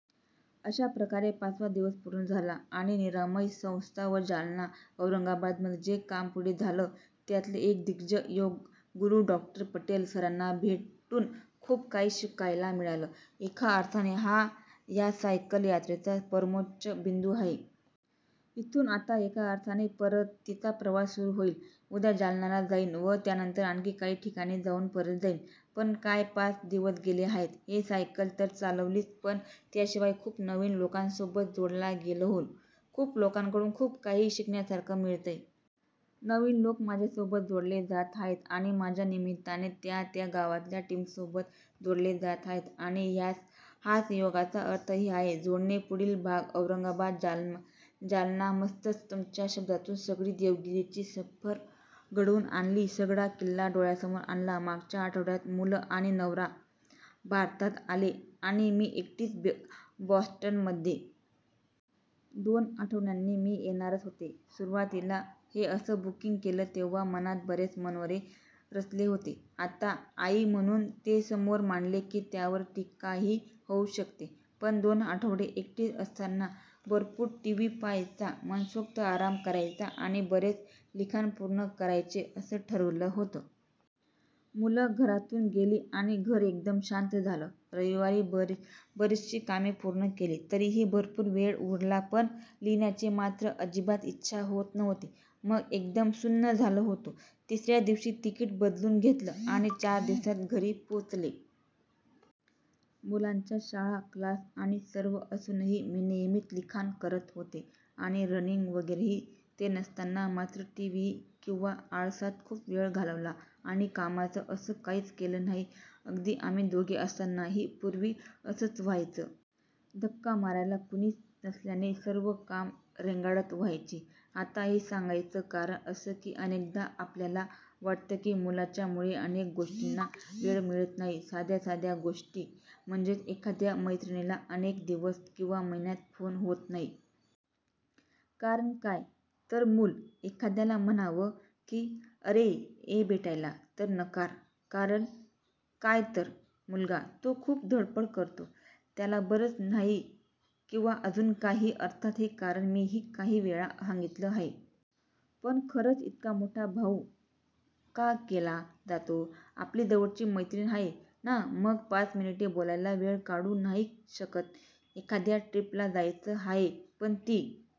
अशा प्रकारे पाचवा दिवस पूर्ण झाला आणि निरामय संस्था व जालना- औरंगाबादमध्ये जे काम पुढे झालं, त्यातले एक दिग्गज योग गुरू डॉ. पटेल सरांना भेटून खूप काही शिकायला मिळालं. एका अर्थाने हा ह्या सायकल यात्रेचा परमोच्च बिंदू आहे. इथून आता एका अर्थाने परतीचा प्रवास सुरू होईल. उद्या जालनाला जाईन व त्यानंतर आणखी काही ठिकाणी जाऊन परत जाईन. पण काय पाच दिवस गेले आहेत हे! सायकल तर चालवलीच, पण त्याशिवाय खूप नवीन लोकांसोबत जोडला गेलो; खूप लोकांकडून खूप काही शिकण्यासारखं मिळतंय. नवीन लोक माझ्यासोबत जोडले जात आहेत आणि माझ्या निमित्ताने त्या त्या गावातल्या टीमसोबत जोडले जात आहेत! आणि हाच योगाचा अर्थही आहे- जोडणे! पुढील भाग: औरंगाबाद- जालनामस्तच! तुमच्या शब्दातून सगळी देविगिरी ची सफर घडवून आणली सगळा किल्ला डोळ्यासमोर आणला मागच्या आठवड्यात मुलं आणि नवरा भारतात आले आणि मी एकटीच बॉस्टनमध्ये. दोन आठवड्यानी मी येणारच होते. सुरुवातीला हे असं बुकींग केलं तेंव्हा मनात बरेच मनोरे रचले होते. आता 'आई' म्हणून ते समोर मांडले की त्यावर टीकाही होऊ शकते पण दोन आठवडे एकटीच असताना भरपूर टीव्ही पाहायचा, मनोसक्त आराम करायचा आणि बरेच लिखाण पूर्ण करायचे असं ठरवलं होतं. मुलं घरातून गेली आणि घर एकदम शांत झालं. रविवारी बरीचशी कामे पूर्ण केली. तरीही भरपूर वेळ उरला. पण लिहिण्याची मात्र अजिबात इच्छा होत नव्हती. मन एकदम सुन्न झालं होतं. तिसऱ्याच दिवशी तिकीट बदलून घेतलं आणि चार दिवसांत घरी पोचले. मुलांच्या शाळा, क्लास आणि सर्व असूनही मी नियमित लिखाण करत होते आणि रनिंग वगैरेही. ते नसताना मात्र टीव्ही किंवा आळसात खूप वेळ घालवला आणि कामाचं असं काहीच केलं नाही. अगदी आम्ही दोघे असतानाही पूर्वी असंच व्हायचं. धक्का मारायला कुणीही नसल्याने सर्व कामं रेंगाळत व्हायची. आता हे सांगायचं कारण असं की अनेकदा आपल्याला वाटतं की मुलांच्या मुळे अनेक गोष्टींना वेळ मिळत नाही. साध्या साध्या गोष्टी म्हणजे, एखाद्या मैत्रिणीला अनेक दिवस किंवा महिन्यांत फोन होत नाही. कारण काय? तर मुलं! एखाद्याला म्हणावं की 'अरे ये भेटायला' तर नकार, कारण काय तर, मुलगा. तो खूप धडपड करतो, त्याला बरंच नाहीये किंवा अजून काही. अर्थात हे कारण मीही काही वेळा सांगितलं आहे. पण खरंच इतका मोठा बाऊ का केला जातो? आपली जवळची मैत्रीण आहे ना? मग पाच मिनिट बोलायला वेळ काढू नाही शकत? एखाद्या ट्रिप ला जायचं आहे. पण ती